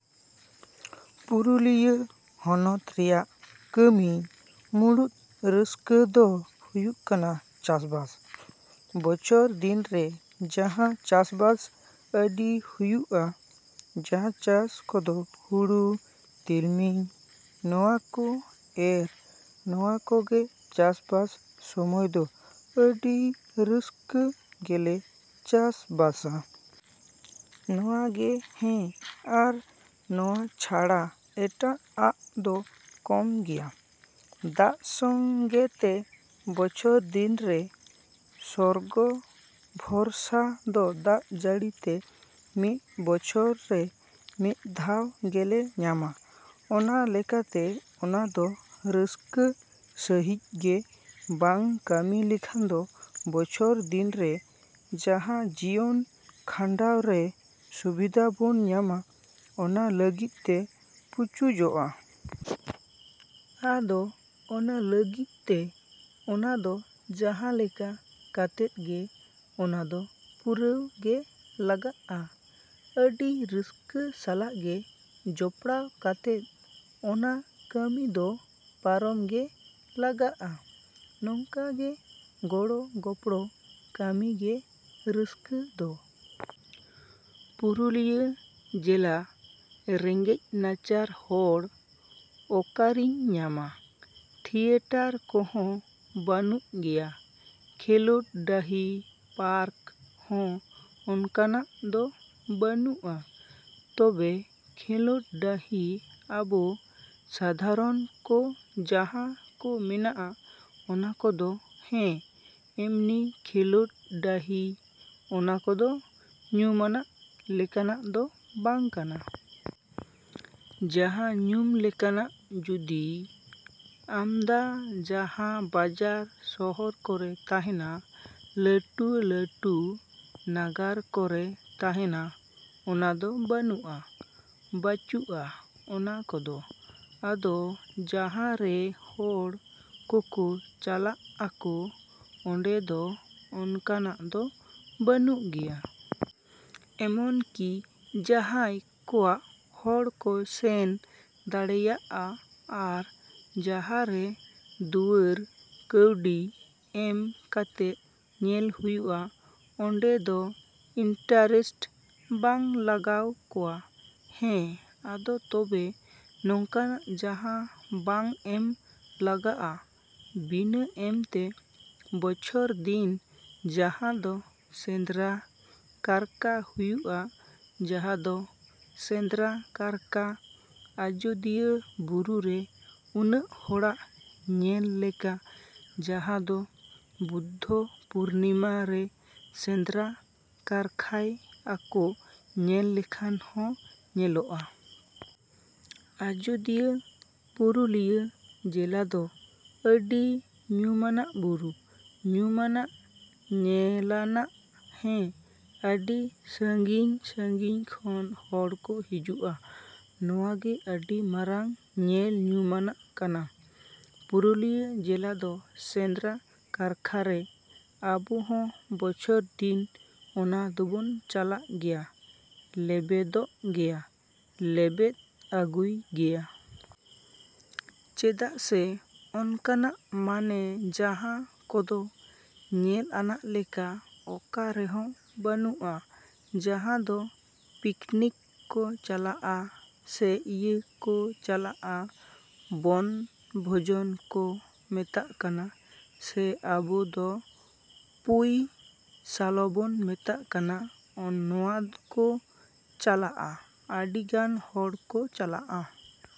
ᱯᱩᱨᱩᱞᱤᱭᱟᱹ ᱦᱚᱱᱚᱛ ᱨᱮᱭᱟᱜ ᱠᱟᱹᱢᱤ ᱢᱩᱬᱩᱫ ᱨᱟᱹᱥᱠᱟᱹ ᱫᱚ ᱦᱩᱭᱩᱜ ᱠᱟᱱᱟ ᱪᱟᱥᱵᱟᱥ᱾ ᱵᱚᱪᱷᱚᱨ ᱫᱤᱱ ᱨᱮ ᱡᱟᱦᱟᱸ ᱪᱟᱥᱵᱟᱥ ᱟᱹᱰᱤ ᱦᱩᱭᱩᱜ-ᱟ, ᱡᱟᱦᱟᱸ ᱪᱟᱥ ᱠᱚᱫᱚ ᱦᱩᱲᱩ, ᱛᱤᱞᱢᱤᱧ ᱱᱚᱣᱟ ᱠᱚ ᱮᱨ ᱱᱚᱣᱟ ᱠᱚᱜᱮ ᱪᱟᱥᱵᱟᱥ ᱥᱚᱢᱚᱭ ᱫᱚ ᱟᱹᱰᱤ ᱨᱟᱹᱥᱠᱟᱹ ᱜᱮᱞᱮ ᱪᱟᱥᱵᱟᱥᱟ᱾ ᱱᱚᱣᱟ ᱜᱮ ᱦᱮᱸ, ᱟᱨ ᱱᱚᱣᱟ ᱪᱷᱟᱲᱟ ᱮᱴᱟᱜ ᱟᱜ ᱫᱚ ᱠᱚᱢ ᱜᱮᱭᱟ᱾ ᱫᱟᱜ ᱥᱚᱝᱜᱮᱛᱮ ᱵᱚᱪᱷᱚᱨ ᱫᱤᱱ ᱨᱮ ᱥᱚᱨᱜᱚ ᱵᱷᱚᱨᱥᱟ ᱛᱚ ᱫᱟᱜ ᱡᱟᱹᱲᱤ ᱛᱮ ᱢᱤᱫ ᱵᱚᱪᱷᱚᱨ ᱨᱮ ᱢᱤᱫ ᱫᱷᱟᱶ ᱜᱮᱞᱮ ᱧᱟᱢᱟ᱾ ᱚᱱᱟ ᱞᱮᱠᱟᱛᱮ ᱚᱱᱟ ᱫᱚ ᱨᱟᱹᱥᱠᱟᱹ ᱥᱟᱺᱦᱤᱡ ᱜᱮ ᱵᱟᱝ ᱠᱟᱹᱢᱤ ᱞᱮᱠᱷᱟᱱ ᱫᱚ ᱵᱚᱪᱷᱚᱨ ᱫᱤᱱ ᱨᱮ ᱡᱟᱦᱟᱸ ᱡᱤᱭᱚᱱ ᱠᱷᱟᱱᱰᱟᱣ ᱨᱮ ᱥᱩᱵᱤᱫᱷᱟ ᱵᱚᱱ ᱧᱟᱢᱟ ᱚᱱᱟ ᱞᱟᱹᱜᱤᱫ ᱛᱮ ᱯᱩᱪᱩᱡᱚᱜ-ᱟ᱾ ᱟᱫᱚ ᱚᱱᱟ ᱞᱟᱹᱜᱤᱫ ᱛᱮ ᱚᱱᱟ ᱫᱚ ᱡᱟᱦᱟᱸ ᱞᱮᱠᱟ ᱠᱟᱛᱮᱫ ᱜᱮ ᱚᱱᱟ ᱫᱚ ᱯᱩᱨᱟᱹᱣ ᱜᱮ ᱞᱟᱜᱟᱜ-ᱟ᱾ ᱟᱹᱰᱤ ᱨᱟᱹᱥᱠᱟᱹ ᱥᱟᱞᱟᱜ ᱜᱮ ᱡᱚᱯᱲᱟᱣ ᱠᱟᱛᱮᱫ ᱚᱱᱟ ᱠᱟᱹᱢᱤ ᱫᱚ ᱯᱟᱨᱚᱢ ᱜᱮ ᱞᱟᱜᱟᱜ-ᱟ᱾ ᱱᱚᱝᱠᱟ ᱜᱮ ᱜᱚᱲᱚ ᱜᱚᱯᱲᱚ ᱠᱟᱹᱢᱤ ᱜᱮ ᱨᱟᱹᱥᱠᱟᱹ ᱫᱚ᱾ ᱯᱩᱨᱩᱞᱤᱭᱟᱹ ᱡᱮᱞᱟ ᱨᱮᱸᱜᱮᱡᱽ ᱱᱟᱪᱟᱨ ᱦᱚᱲ ᱚᱠᱟᱨᱤᱧ ᱧᱟᱢᱟ? ᱛᱷᱤᱭᱮᱴᱟᱨ ᱠᱚᱦᱚᱸ ᱵᱟᱹᱱᱩᱜ ᱜᱮᱭᱟ, ᱠᱷᱮᱞᱳᱰ ᱰᱟᱹᱦᱤ, ᱯᱟᱨᱠ ᱦᱚᱸ ᱚᱱᱠᱟᱱᱟᱜ ᱫᱚ ᱵᱟᱹᱱᱩᱜ-ᱟ᱾ ᱛᱚᱵᱮ ᱠᱷᱮᱞᱳᱰ ᱰᱟᱹᱦᱤ ᱟᱵᱚ ᱥᱟᱫᱷᱟᱨᱚᱱ ᱠᱚ ᱡᱟᱦᱟᱸ ᱠᱚ ᱢᱮᱱᱟᱜ-ᱟ ᱚᱱᱟ ᱠᱚᱫᱚ ᱦᱮᱸ, ᱮᱢᱱᱤ ᱠᱷᱮᱞᱳᱰ ᱰᱟᱹᱦᱤ ᱚᱱᱟ ᱠᱚᱫᱚ ᱧᱩᱢᱟᱱᱟᱜ ᱞᱮᱠᱟᱱᱟᱜ ᱫᱚ ᱵᱟᱝ ᱠᱟᱱᱟ᱾ ᱡᱟᱦᱟᱸ ᱧᱩᱢ ᱞᱮᱠᱟᱱᱟᱜ ᱡᱩᱫᱤ ᱟᱢᱫᱟ ᱡᱟᱦᱟᱸ ᱵᱟᱡᱟᱨ ᱥᱚᱦᱚᱨ ᱠᱚᱨᱮ ᱛᱟᱦᱮᱱᱟ, ᱞᱟᱹᱴᱩ ᱞᱟᱹᱴᱩ ᱱᱟᱜᱟᱨ ᱠᱚᱨᱮ ᱛᱟᱦᱮᱱᱟ ᱚᱱᱠᱟ ᱫᱚ ᱵᱟᱹᱱᱩᱜ-ᱟ, ᱵᱟᱹᱪᱩᱜ-ᱟ ᱚᱱᱟ ᱠᱚᱫᱚ, ᱟᱫᱚ ᱡᱟᱦᱟᱸ ᱨᱮ ᱦᱚᱲ ᱠᱚᱠᱚ ᱪᱟᱞᱟᱜ-ᱟᱠᱚ, ᱚᱸᱰᱮ ᱫᱚ ᱚᱱᱠᱟᱱᱟᱜ ᱫᱚ ᱵᱟᱹᱱᱩᱜ ᱜᱮᱭᱟ᱾ ᱮᱢᱱᱠᱤ ᱡᱟᱦᱟᱸᱭ ᱠᱚᱣᱟᱜ ᱦᱚᱲ ᱠᱚ ᱥᱮᱱ ᱫᱟᱲᱮᱭᱟᱜ-ᱟ ᱟᱨ ᱡᱟᱦᱟᱸ ᱨᱮ ᱫᱩᱣᱟᱹᱨ ᱠᱟᱹᱣᱰᱤ ᱮᱢ ᱠᱟᱛᱮᱫ ᱧᱮᱞ ᱦᱩᱭᱩᱜ-ᱟ ᱚᱸᱰᱮ ᱫᱚ ᱤᱱᱴᱟᱨᱮᱥᱴ ᱵᱟᱝ ᱞᱟᱜᱟᱣ ᱠᱚᱣᱟ᱾ ᱦᱮᱸ, ᱟᱫᱚ ᱛᱚᱵᱮ ᱱᱚᱝᱠᱟᱱᱟᱜ ᱡᱟᱦᱟᱸ ᱵᱟᱝ ᱮᱢ ᱞᱟᱜᱟᱜ-ᱟ, ᱵᱤᱱᱟᱹ ᱮᱢ ᱛᱮ ᱵᱚᱪᱷᱚᱨ ᱫᱤᱱ ᱡᱟᱦᱟᱸ ᱫᱚ ᱥᱮᱸᱫᱽᱨᱟ ᱠᱟᱨᱠᱟ ᱦᱩᱭᱩᱜ-ᱟ, ᱡᱟᱦᱟᱸ ᱫᱚ ᱥᱮᱸᱫᱽᱨᱟ ᱠᱟᱨᱠᱟ ᱟᱡᱳᱫᱤᱭᱟᱹ ᱵᱩᱨᱩ ᱡᱮ ᱩᱱᱟᱹᱜ ᱦᱚᱲᱟᱜ ᱧᱮᱞ ᱞᱮᱠᱟ ᱡᱟᱦᱟᱸ ᱫᱚ ᱵᱩᱫᱽᱫᱷᱚ ᱯᱩᱨᱱᱤᱢᱟ ᱨᱮ ᱥᱮᱸᱫᱽᱨᱟ ᱠᱟᱨᱠᱷᱟᱭ ᱟᱠᱚ ᱧᱮᱞ ᱞᱮᱠᱷᱟᱱ ᱦᱚᱸ ᱧᱮᱞᱚᱜ-ᱟ᱾ ᱟᱡᱳᱫᱤᱭᱟᱹ ᱯᱩᱨᱩᱞᱤᱭᱟᱹ ᱡᱮᱞᱟ ᱫᱚ ᱟᱹᱰᱤ ᱧᱩᱢᱟᱱᱟᱜ ᱵᱩᱨᱩ, ᱧᱩᱢᱟᱱᱟᱜ ᱧᱮᱞᱟᱱᱟᱜ ᱦᱮᱸ, ᱟᱹᱰᱤ ᱥᱟᱺᱜᱤᱧ ᱥᱟᱺᱜᱤᱧ ᱠᱷᱚᱱ ᱦᱚᱲ ᱠᱚ ᱦᱤᱡᱩᱜ-ᱟ᱾ ᱱᱚᱣᱟ ᱜᱮ ᱟᱹᱰᱤ ᱢᱟᱨᱟᱝ ᱧᱮᱞ ᱧᱩᱢᱟᱱᱟᱜ ᱠᱟᱱᱟ ᱯᱩᱨᱩᱞᱤᱭᱟᱹ ᱡᱮᱞᱟ ᱫᱚ ᱥᱮᱸᱫᱽᱨᱟ ᱠᱟᱨᱠᱷᱟ ᱨᱮ᱾ ᱟᱵᱚ ᱦᱚᱸ ᱵᱚᱪᱷᱚᱨ ᱫᱤᱱ ᱚᱱᱟ ᱫᱚᱵᱚᱱ ᱪᱟᱞᱟᱜ ᱜᱮᱭᱟ, ᱞᱮᱵᱮᱫᱚᱜ ᱜᱮᱭᱟ, ᱞᱮᱵᱮᱫ ᱟᱹᱜᱩᱭ ᱜᱮᱭᱟ᱾ ᱪᱮᱫᱟᱜ ᱥᱮ ᱚᱱᱠᱟᱱᱟᱜ ᱢᱟᱱᱮ ᱡᱟᱦᱟᱸ ᱠᱚᱫᱚ ᱧᱮᱞ ᱟᱱᱟᱜ ᱞᱮᱠᱟ ᱚᱠᱟ ᱨᱮᱦᱚᱸ ᱵᱟᱹᱱᱩᱜ-ᱟ᱾ ᱡᱟᱦᱟᱸ ᱫᱚ ᱯᱤᱠᱱᱤᱠ ᱠᱚ ᱪᱟᱞᱟᱜ-ᱟ ᱥᱮ ᱤᱭᱟᱹ ᱠᱚ ᱪᱟᱞᱟᱜ-ᱟ ᱵᱚᱱ ᱵᱷᱳᱡᱚᱱ ᱠᱚ ᱢᱮᱛᱟᱜ ᱠᱟᱱᱟ ᱥᱮ ᱟᱵᱚ ᱫᱚ ᱯᱩᱭ ᱥᱟᱞᱚᱵᱚᱱ ᱢᱮᱛᱟᱜ ᱠᱟᱱᱟ ᱱᱚᱣᱟ ᱠᱚ ᱪᱟᱞᱟᱜ-ᱟ᱾ ᱟᱹᱰᱤ ᱜᱟᱱ ᱦᱚᱲ ᱠᱚ ᱪᱟᱞᱟᱜ-ᱟ᱾